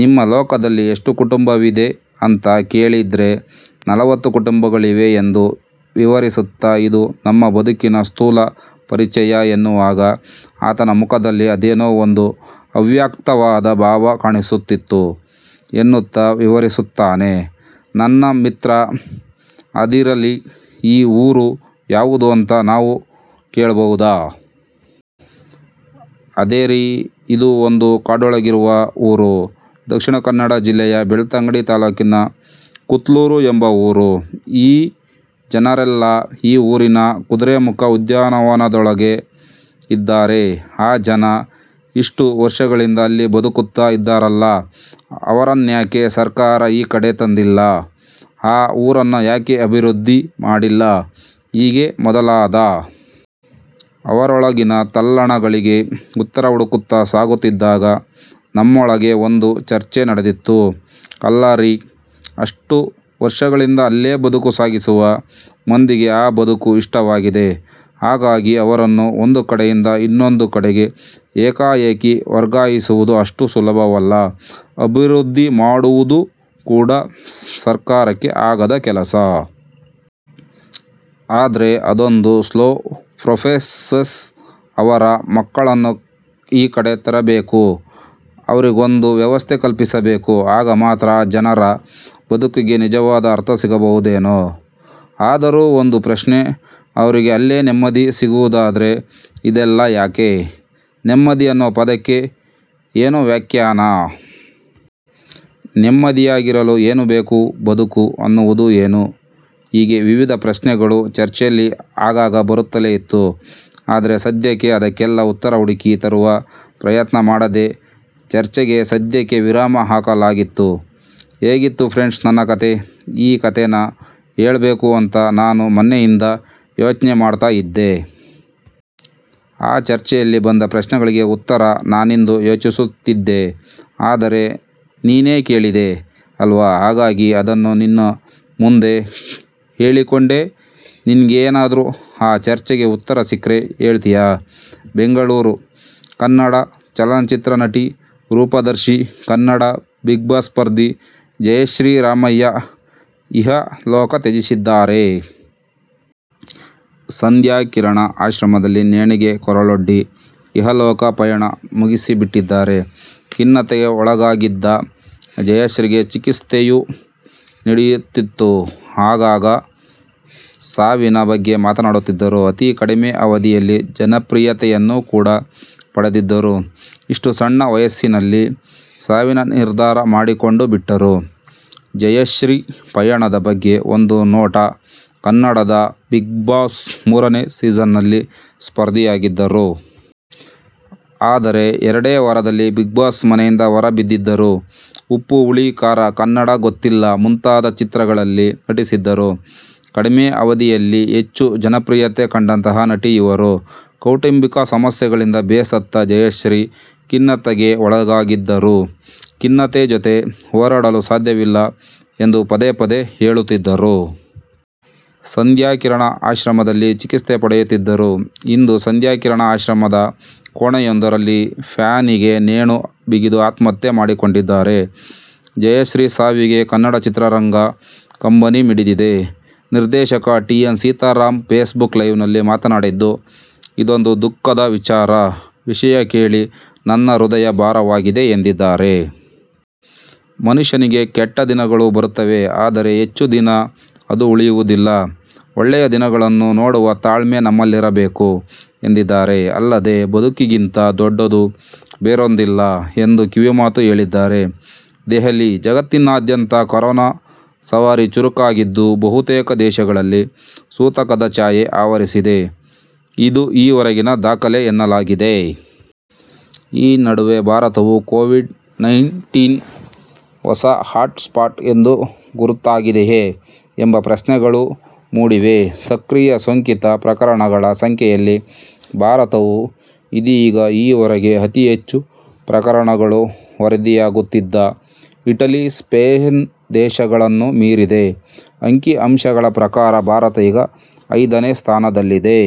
ನಿಮ್ಮ ಲೋಕದಲ್ಲಿ ಎಷ್ಟು ಕುಟುಂಬವಿದೆ ಅಂತ ಕೇಳಿದ್ರೆ, ನಲವತ್ತು ಕುಟುಂಬಗಳಿವೆ ಎಂದು ವಿವರಿಸ್ತಾ ಇದು ನಮ್ ಬದುಕಿನ ಸ್ಥೂಲ ಪರಿಚಯ ಎನ್ನುವಾಗ ಆತನ ಮುಖದಲ್ಲಿ ಅದೇನೋ ಒಂದು ಅವ್ಯಕ್ತವಾದ ಭಾವ ಕಾಣಿಸುತ್ತಿತ್ತು, ಎನ್ನುತ್ತಾ ವಿವರಿಸುತ್ತಾನೆ ನನ್ ಮಿತ್ರ. ಅದಿರಲಿ ಈ ಊರು ಯಾವುದು ಅಂತ ನಾವು ಕೇಳ್ಬಹುದಾ? ಅದೇರೀ ಇದೂ ಒಂದು ಕಾಡೋಳಗಿರುವ ಊರು. ದಕ್ಷಿಣ ಕನ್ನಡ ಜಿಲ್ಲೆಯ ಬೆಳ್ತಂಗಡಿ ತಾಲೂಕಿನ ಕುತ್ಲೂರು ಎಂಬ ಊರು. ಈ ಜನರೆಲ್ಲಾ ಈ ಊರಿನ ಕುದುರೆಮುಖ ಉದ್ಯಾನವನದೊಳಗೆ ಇದಾರೆ. ಆ ಜನ ಇಷ್ಟೂ ವರ್ಷಗಳಿಂದ ಅಲ್ಲಿ ಬದುಕುತ್ತಾ ಇದಾರಲ್ಲ ಅವರನ್ಯಾಕೆ ಸರಕಾರ ಈ ಕಡೆ ತಂದಿಲ್ಲ, ಆ ಊರನ್ನು ಯಾಕೆ ಅಭಿವೃದ್ದಿ ಮಾಡಿಲ್ಲ ಹೀಗೆ ಮೊದಲಾದ.. ಅವರೊಳಗಿನ ತಲ್ಲಣಗಳಿಗೆ ಉತ್ತರ ಹುಡುಕುತ್ತಾ ಸಾಗುತ್ತಿದ್ದಾಗ, ನಮ್ಮೊಳಗೆ ಒಂದು ಚರ್ಚೆ ನಡೆದಿತ್ತು. ಅಲ್ಲಾರೀ ಅಷ್ಟೂ ವರ್ಷಗಳಿಂದ ಅಲ್ಲೇ ಬದುಕು ಸಾಗಿಸುವ ಮಂದಿಗೆ ಆ ಬದುಕು ಇಷ್ಟವಾಗಿದೆ. ಹಾಗಾಗಿ ಅವರನ್ನು ಒಂದು ಕಡೆಯಿಂದ ಇನ್ನೊಂದು ಕಡೆಗೆ ಏಕಾಏಕಿ ವರ್ಗಾಯಿಸುವುದು ಅಷ್ಟು ಸುಲಭವಲ್ಲ. ಅಭಿವೃದ್ದಿ ಮಾಡುವುದೂ ಕೂಡಾ ಸರಕಾರಕ್ಕೆ ಆಗದ ಕೆಲಸ. ಆದ್ರೆ ಅದೊಂದು ಸ್ಲೋ ಪ್ರೋಸೆಸ್. ಅವರ ಮಕ್ಕಳನ್ನು ಈ ಕಡೆ ತರಬೇಕು. ಅವ್ರಿಗೊಂದು ವ್ಯವಸ್ಥೆ ಕಲ್ಪಿಸಬೇಕು ಆಗ ಮಾತ್ರಾ ಆ ಜನರ ಬದುಕಿಗೆ ನಿಜವಾದ ಅರ್ಥ ಸಿಗಬಹುದೇನೋ? ಆದರೂ ಒಂದು ಪ್ರಶ್ನೆ ಅವ್ರಿಗೆ ಅಲ್ಲೇ ನೆಮ್ಮದಿ ಸಿಗುವದಾದ್ರೆ ಇದೆಲ್ಲಾ ಯಾಕೆ.? ನೆಮ್ಮದಿ ಅನ್ನೋ ಪದಕ್ಕೆ ಏನು ವ್ಯಾಖ್ಯಾನ.?. ನೆಮ್ಮದಿಯಾಗಿರಲು ಏನು ಬೇಕು? ಬದುಕು ಅನ್ನುವುದು ಏನು..? ಹೀಗೇ ವಿವಿದ ಪ್ರಶ್ನೆಗಳು ಚರ್ಚೆಯಲ್ಲಿ ಆಗಾಗ ಬರುತ್ತಲೇ ಇತ್ತು. ಆದ್ರೆ ಸದ್ಯಕ್ಕೆ ಅದಕ್ಕೆಲ್ಲಾ ಉತ್ತರ ಹುಡುಕಿ ತರುವ ಪ್ರಯತ್ನ ಮಾಡದೆ ಚರ್ಚೆಗೆ ಸದ್ಯಕ್ಕೆ ವಿರಾಮ ಹಾಕಲಾಗಿತ್ತು. ಹೇಗಿತ್ತು ಫ್ರಂಡ್ ನನ್ನ ಕತೆ.ಈ ಕತೆನಾ ಹೇಳ್ಬೇಕು ಅಂತಾ ನಾನು ಮೊನ್ನೆಯಿಂದ ಯೋಚ್ನೆ ಮಾಡ್ತಾ ಇದ್ದೆ. ಆ ಚರ್ಚೆಯಲ್ಲಿ ಬಂದ ಪ್ರಶ್ನೆಗಳಿಗೆ ಉತ್ತರ ನಾನಿಂದು ಯೋಚಿಸ್ತಿದ್ದೆ, ಆದರೆ ನೀನೇ ಕೇಳಿದೆ ಅಲ್ವಾ, ಹಾಗಾಗಿ ಅದನ್ನು ನಿನ್ ಮುಂದೆ ಹೇಳಿಕೊಂಡೆ. ನಿನ್ಗೇನಾದ್ರೂ ಆ ಚರ್ಚೆಗೆ ಉತ್ತರ ಸಿಕ್ರೆ ಹೇಳ್ತಿಯಾ? ಬೆಂಗಳೂರು: ಕನ್ನಡ ಚಲನಚಿತ್ರ ನಟಿ, ರೂಪದರ್ಶಿ, ಕನ್ನಡ ಬಿಗ್ ಬಾಸ್ ಸ್ಪರ್ಧಿ ಜಯಶ್ರೀ ರಾಮಯ್ಯ ಇಹ ಲೋಕ ತ್ಯಜಿಸಿದ್ದಾರೆ. ಸಂಧ್ಯಾ ಕಿರಣ ಆಶ್ರಮದಲ್ಲಿ ನೇಣಿಗೆ ಕೊರಳೊಡ್ಡಿ ಈ ಲೋಕದ ಪಯಣ ಮುಗಿಸಿಬಿಟ್ಟಿದ್ದಾರೆ. ಖಿನ್ನತೆಗೆ ಒಳಗಾಗಿದ್ದ ಜಯಶ್ರೀಗೆ ಚಿಕಿತ್ಸೆಯೂ ನಡೆಯುತ್ತಿತ್ತು. ಆಗಾಗ ಸಾವಿನ ಬಗ್ಗೆ ಮಾತನಾಡುತ್ತಿದ್ದರು. ಅತಿ ಕಡಿಮೆ ಅವಧಿಯಲ್ಲಿ ಜನಪ್ರಿಯತೆಯನ್ನು ಕೂಡಾ ಪಡೆದಿದ್ದರು. ಇಷ್ಟು ಸಣ್ಣ ವಯಸ್ಸಿನಲ್ಲಿ ಸಾವಿನ ನಿರ್ಧಾರ ಮಾಡಿಕೊಂಡು ಬಿಟ್ಟರು. ಜಯಶ್ರೀ ಪಯಣದ ಬಗ್ಗೆ ಒಂದು ನೋಟ ಕನ್ನಡದ ಬಿಗ್ ಬಾಸ್ ಮೂರನೇ ಸೀಸನ್ ನಲ್ಲಿ ಸ್ಪರ್ಧಿಯಾಗಿದ್ದರು. ಆದರೆ ಎರಡೇ ವಾರದಲ್ಲಿ ಬಿಗ್ ಬಾಸ್ ಮನೆಯಿಂದ ಹೊರಬಿದ್ದಿದ್ದರು. ಉಪ್ಪು ಹುಳಿ ಖಾರ, ಕನ್ನಡ ಗೊತ್ತಿಲ್ಲ ಮುಂತಾದ ಚಿತ್ರಗಳಲ್ಲಿ ನಟಿಸಿದ್ದರು.. ಕಡಿಮೆ ಅವಧೀಯಲ್ಲಿ ಹೆಚ್ಚು ಜನಪ್ರಿಯತೆ ಕಂಡಂಥಹ ನಟಿ ಇವರು ಕೌಟುಂಬಿಕ ಸಮಸ್ಯೆಗಳಿಂದ ಬೇಸತ್ತ ಜಯಶ್ರೀ ಖಿನ್ನತೆಗೆ ಒಳಗಾಗಿದ್ದರು. ಖಿನ್ನತೆ ಜೊತೆ ಹೋರಾಡಲು ಸಾಧ್ಯವಿಲ್ಲ ಎಂದು ಪದೇ ಪದೇ ಹೇಳುತ್ತಿದ್ದರು. ಸಂಧ್ಯಾ ಕಿರಣ ಆಶ್ರಮದಲ್ಲಿ ಚಿಕಿತ್ಸೆ ಪಡೆಯುತ್ತಿದ್ದರು. ಇಂದು ಸಂಧ್ಯಾ ಕಿರಣ ಆಶ್ರಮದ ಕೋಣೆಯೊಂದರಲ್ಲಿ ಫ್ಯಾನಿಗೆ ನೇಣು ಬಿಗಿದು ಆತ್ಮಹತ್ಯೆ ಮಾಡಿಕೊಂಡಿದ್ದಾರೆ. ಜಯಶ್ರೀ ಸಾವಿಗೆ ಕನ್ನಡ ಚಿತ್ರರಂಗ ಕಂಬನಿ ಮಿಡಿದಿದೆ. ನಿರ್ದೇಶಕ T N Seetharam Facebook ಲೈವಲ್ಲಿ ಮಾತನಾಡಿದ್ದು, ಇದೊಂದು ದುಃಖದ ವಿಚಾರ. ವಿಷಯ ಕೇಳಿ ನನ್ನ ಹೃದಯ ಭಾರವಾಗಿದೆ ಎಂದಿದ್ದಾರೆ. ಮನುಷ್ಯನಿಗೆ ಕೆಟ್ಟ ದಿನಗಳು ಬರುತ್ತವೆ ಆದರೆ ಹೆಚ್ಚು ದಿನ ಅದು ಉಳಿಯುವುದಿಲ್ಲ. ಒಳ್ಳೆಯ ದಿನಗಳನ್ನು ನೋಡುವ ತಾಳ್ಮೆ ನಮ್ಮಲ್ಲಿರಬೇಕು ಎಂದಿದ್ದಾರೆ. ಅಲ್ಲದೆ ಬದುಕಿಗಿಂತ ದೊಡ್ಡದು ಬೇರೊಂದಿಲ್ಲ ಎಂದು ಕಿವಿಮಾತು ಹೇಳಿದ್ದಾರೆ. ದೆಹಲಿ: ಜಗತ್ತಿನಾದ್ಯಂತ ಕೊರೋನಾ ಸವಾರಿ ಚುರುಕಾಗಿದ್ದು ಬಹುತೇಕ ದೇಶಗಳಲ್ಲಿ ಸೂತಕದ ಛಾಯೆ ಆವರಿಸಿದೆ. ಇದು ಈ ವರೆಗಿನ ದಾಖಲೆ ಎನ್ನಲಾಗಿದೆ. ಈ ನಡುವೆ ಭಾರತವು ಕೋವಿಡ್ -ನೈನ್ ಟೀನ್ ಹೊಸ ಹಾಟ್ ಸ್ಪಾಟ್ ಎಂದು ಗುರುತಾಗಿದೆಯೇ? ಎಂಬ ಪ್ರಶ್ನೆಗಳೂ ಮೂಡಿವೆ. ಸಕ್ರಿಯ ಸೋಂಕಿತ ಪ್ರಕರಣಗಳ ಸಂಖ್ಯೆಯಲ್ಲಿ ಭಾರತವು ಇದೀಗ ಈ ವರೆಗೆ ಅತೀ ಹೆಚ್ಚು ಪ್ರಕರಣಗಳು ವರದಿಯಾಗುತ್ತಿದ್ದ ಇಟಲಿ, ಸ್ಪೇನ್ ದೇಶಗಳನ್ನೂ ಮೀರಿದೆ. ಅಂಕಿ ಅಂಶಗಳ ಪ್ರಕಾರ ಭಾರತ ಈಗ ಐದನೇ ಸ್ಥಾನದಲ್ಲಿದೆ.